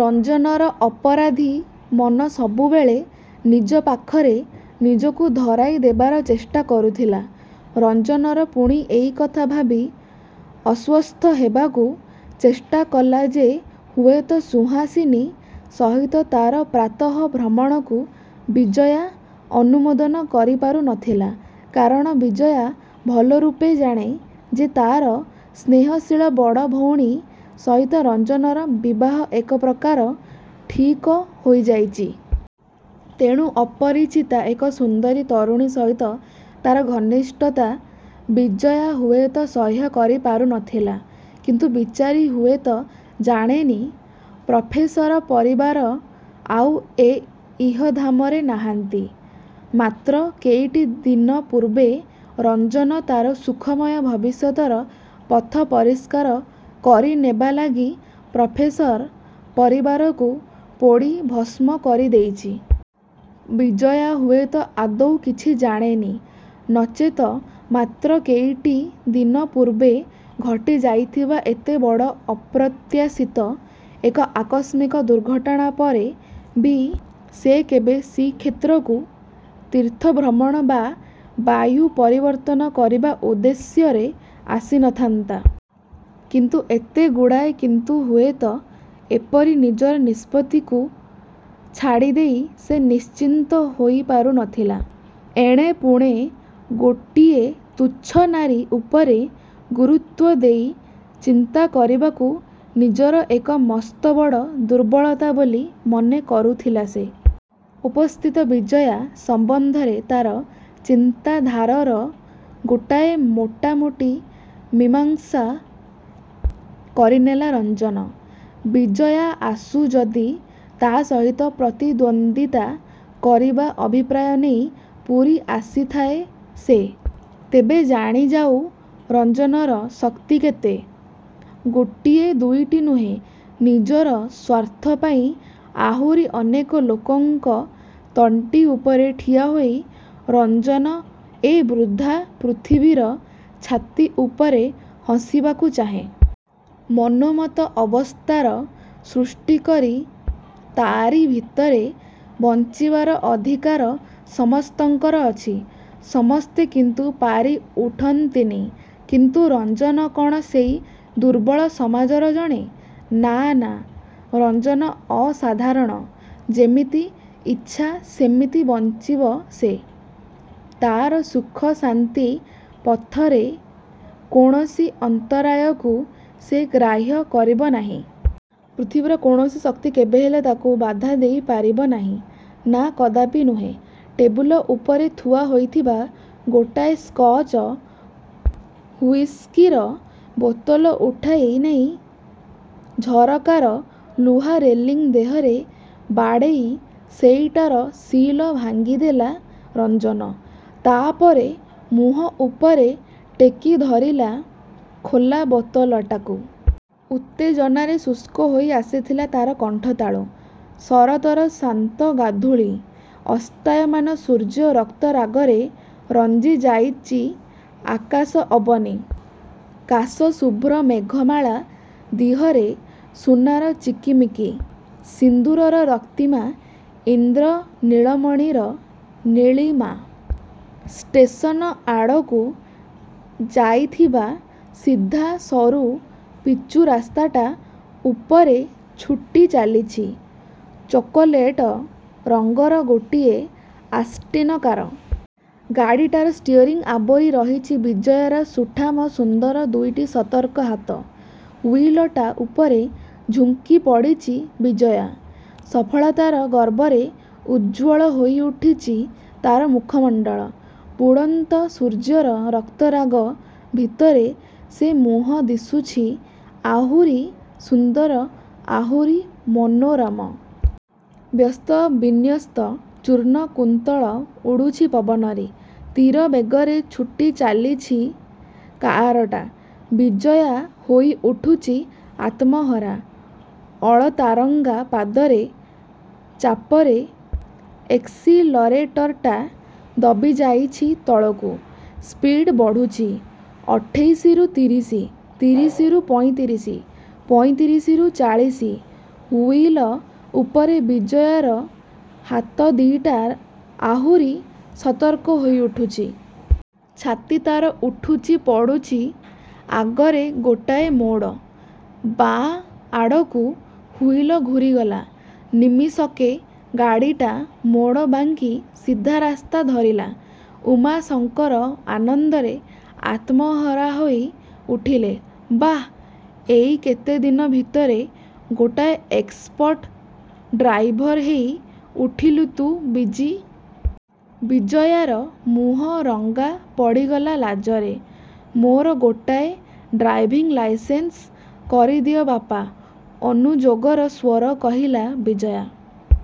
ରଞ୍ଜନର ଅପରାଧୀ ମନ ସବୁବେଳେ ନିଜ ପାଖରେ ନିଜକୁ ଧରାଇ ଦେବାର ଚେଷ୍ଟା କରୁଥିଲା। ରଞ୍ଜନର ପୁଣି ଏଇକଥା ଭାବି ଅଶ୍ଵସ୍ତ ହେବାକୁ ଚେଷ୍ଟା କଲା ଯେ ହୁଏତ ସୁହାସିନୀ ସହିତ ତା'ର ପ୍ରାତଃ ଭ୍ରମଣକୁ ବିଜୟା ଅନୁମୋଦନ କରିପାରୁ ନ ଥିଲା। କାରଣ ବିଜୟା ଭଲ ରୂପେ ଜାଣେ ଯେ ତା'ର ସ୍ନେହଶୀଳ ବଡ଼ ଭଉଣୀ ସହିତ ରଞ୍ଜନର ବିବାହ ଏକ ପ୍ରକାର ଠିକ ହୋଇ ଯାଇଚି। ତେଣୁ ଅପରିଚିତା ଏକ ସୁନ୍ଦରୀ ତରୁଣୀ ସହିତ ତା'ର ଘନିଷ୍ଠତା ବିଜୟା ହୁଏତ ସହ୍ୟ କରି ପାରୁ ନ ଥିଲା। କିନ୍ତୁ ବିଚାରି ହୁଏତ ଜାଣେନି ପ୍ରଫେସର ପରିବାର ଆଉ ଏ ଇହଧାମରେ ନାହାନ୍ତି। ମାତ୍ର କେଇଟିଦିନ ପୂର୍ବେ ରଞ୍ଜନ ତା'ର ସୁଖମୟ ଭବିଷ୍ୟତର ପଥ ପରିଷ୍କାର କରି ନେବା ଲାଗି ପ୍ରଫେସର ପରିବାରକୁ ପୋଡ଼ି ଭସ୍ମ କରି ଦେଇଚି। ବିଜୟା ହୁଏତ ଆଦୌ କିଛି ଜାଣେନି। ନଚେତ ମାତ୍ର କେଇଟି ଦିନ ପୂର୍ବେ ଘଟି ଯାଇଥିବା ଏତେ ବଡ଼ ଅପ୍ରତ୍ୟାଶିତ ଏବଂ ଆକସ୍ମିକ ଦୁର୍ଘଟଣା ପରେ ବି ସେ କେବେ ଶ୍ରୀକ୍ଷେତ୍ରକୁ ତୀର୍ଥ ଭ୍ରମଣ ବା ବାୟୁ ପରିବର୍ତ୍ତନ କରିବା ଉଦ୍ଦେଶ୍ୟରେ ଆସି ନ ଥାନ୍ତା। କିନ୍ତୁ ଏତେ ଗୁଡ଼ାଏ 'କିନ୍ତୁ' 'ହୁଏତ' ଉପରେ ନିଜର ନିଷ୍ପତ୍ତିକୁ ଛାଡ଼ି ଦେଇ ସେ ନିଶ୍ଚିନ୍ତ ହୋଇ ପାରୁ ନ ଥିଲା। ଏଣେ ପୁଣି ଗୋଟିଏ ତୁଚ୍ଛ ନାରୀ ଉପରେ ଗୁରୁତ୍ଵ ଦେଇ ଚିନ୍ତା କରିବାକୁ ନିଜର ଏକ ମସ୍ତବଡ଼ ଦୁର୍ବଳତା ବୋଲି ମନେ କରୁଥିଲା ସେ। ଉପସ୍ଥିତ ବିଜୟା ସମ୍ଵନ୍ଧରେ ତା'ର ଚିନ୍ତାଧାରର ଗୋଟାଏ ମୋଟା ମୋଟି ମୀମାଂସା କରି ନେଲା ରଞ୍ଜନ। ବିଜୟା ଆସୁ, ଯଦି ତା' ସହିତ ପ୍ରତିଦ୍ଵନ୍ଦିତା କରିବା ଅଭିପ୍ରାୟ ନେଇ ପୁରୀ ଆସିଥାଏ ସେ, ତେବେ ଜାଣି ଯାଉ ରଞ୍ଜନର ଶକ୍ତି କେତେ। ଗୋଟିଏ ଦୁଇଟି ନୁହେଁ, ନିଜର ସ୍ଵାର୍ଥ ପାଇଁ ଆହୁରି ଅନେକ ଲୋକଙ୍କ ତଣ୍ଟି ଉପରେ ଠିଆ ହୋଇ ରଞ୍ଜନ ଏଇ ବୃଦ୍ଧା ପୃଥିବୀର ଛାତି ଉପରେ ହସିବାକୁ ଚାହେଁ। ମନୋମତ ଅବସ୍ଥାର ସୃଷ୍ଟି କରି ତା'ରି ଭିତରେ ବଂଚିବାର ଅଧିକାର ସମସ୍ତଙ୍କର ଅଛି। ସମସ୍ତେ କିନ୍ତୁ ପାରି ଉଠନ୍ତିନି। କିନ୍ତୁ ରଞ୍ଜନ କଣ ସେଇ ଦୁର୍ବଳ ସମାଜର ଜଣେ? ନା, ନା, ରଞ୍ଜନ ଅସାଧାରଣ। ଯେମିତି ଇଚ୍ଛା ସେମିତି ବଂଚିବ ସେ। ତା'ର ସୁଖଶାନ୍ତି ପଥରେ କୌଣସି ଅନ୍ତରାୟକୁ ସେ ଗ୍ରାହ୍ୟ କରିବ ନାହିଁ। ପୃଥିବୀର କୌଣସି ଶକ୍ତି କେବେହେଲେ ତାକୁ ବାଧା ଦେଇ ପାରିବ ନାହିଁ। ନା କଦାପି ନୁହେଁ। ଟେବୁଲ ଉପରେ ଥିୁଆ ହୋଇଥିବା ଗୋଟାଏ ସ୍କଚ ହୁଇସ୍କିର ବୋତଲ ଉଠାଇ ନେଇ, ଝରକାର ଲୁହା ରେଲିଂ ଦେହରେ ବାଡ଼େଇ ସେଇଟାର ସିଲ ଭାଙ୍ଗିଦେଲା ରଞ୍ଜନ। ତା' ପରେ ମୁହଁ ଉପରେ ଟେକିଧରିଲା ଖୋଲା ବୋତଲଟାକୁ। ଉତ୍ତେଜନାରେ ଶୁଷ୍କ ହୋଇ ଆସିଥିଲା ତାର କଣ୍ଠ–ତାଳୁ। ଶରତର ଶାନ୍ତ ଗୋଧୁଳି। ଅସ୍ତାୟମାନ ସୂର୍ଯ୍ୟର ରକ୍ତରାଗରେ ରଞ୍ଜି ଯାଇଚି ଆକାଶ–ଅବନୀ। କାଶ–ଶୁଭ୍ର ମେଘମାଳା ଦିହରେ ସୁନାର ଚିକିମିକି। ସିନ୍ଦୁରର ରକ୍ତିମା। ଇନ୍ଦ୍ର ନୀଳମଣିର ନିଳୀମା। ଷ୍ଟେସନ ଆୁଡ଼କୁ ଯାଇଥିବା ସିଧା, ସରୁ ପିଚୁ ରାସ୍ତାଟା ଉପରେ ଛୁଟି ଚାଲିଛି ଚକୋଲେଟ ରଙ୍ଗର ଗୋଟିଏ ଅଷ୍ଟିନ କାର। ଗାଡ଼ିଟାର ଷ୍ଟିୟରିଂ ଆବୋରି ରହିଚି ବିଜୟାର ସୁଠାମ ସୁନ୍ଦର ଦୁଇଟି ସର୍ତକ ହାତ। ହୁଇଲଟା ଉପରେ ଝୁଙ୍କି ପଡ଼ିଛି ବିଜୟା। ସଫଳତାର ଗର୍ବରେ ଉଜ୍ଜ୍ୱଳ ହୋଇ ଉଠିଚି ତା'ର ମୁଖମଣ୍ତଳ। ବୁଡ଼ନ୍ତ ସୂର୍ଯ୍ୟର ରକ୍ତ ରାଗ ଭିତରେ ସେ ମୁହଁ ଦିଶୁଛି ଆହୁରି ସୁନ୍ଦର—ଆହୁରି ମନୋରମ। ବ୍ୟସ୍ତ ବିନ୍ୟସ୍ତ ଚୂର୍ଣ୍ଣକୁନ୍ତଳ ଉଡ଼ୁଛି ପବନରେ। ତୀର ବେଗରେ ଛୁଟି ଚାଲିଛି କାରଟା। ବିଜୟା ହୋଇ ଉଠୁଚି ଆତ୍ମହରା। ଅଳତାରଙ୍ଗା ପାଦର ଚାପରେ ଏକ୍ସିଲରେଟ୍ରଟା ଦବି ଯାଇଛି ତଳକୁ। ସ୍ପିଡ଼୍ ବଢ଼ୁଛି। ଅଠେଇଶିରୁ ତିରିଶି। ତିରିଶିରୁ ପଇଁତିରିଶି। ପଇଁତିରିଶିରୁ ଚାଳିଶ। ହୁଇଲ ଉପରେ ବିଜୟାର ହାତ ଦି'ଟା ଆହୁରି ସତର୍କ ହୋଇ ଉଠୁଚି। ଛାତି ତା'ର ଉଠୁଚି ପଡ଼ୁଚି। ଆଗରେ ଗୋଟାଏ ମୋଡ଼। ବାଁ ଆଡ଼କୁ ହୁଇଲ ଘୂରିଗଲା। ନିମିଷକେ ଗାଡ଼ିଟା ମୋଡ଼ ବାଙ୍କି ସିଧାରାସ୍ତା ଧରିଲା। ଉମାଶଙ୍କର ଆନନ୍ଦରେ ଆତ୍ମହରା ହୋଇ ଉଠିଲେ। "ବାଃ, ଏଇ କେତେଦିନ ଭିତରେ ଗୋଟାଏ ଏକ୍ସପର୍ଟ ଡ୍ରାଇଭର ହେଇ ଉଠିଲୁ ତୁ ବିଜୀ-। '' ବିଜୟାର ମୁହଁ ରଙ୍ଗା ପଡ଼ିଗଲା ଲାଜରେ। "ମୋର ଗୋଟାଏ। ଡ୍ରାଇଭିଂ ଲାଇସେନ୍ସ କରି ଦିଅ ବାପା। '' ଅନୁଯୋଗର ସ୍ଵରରେ କହିଲା ବିଜୟା।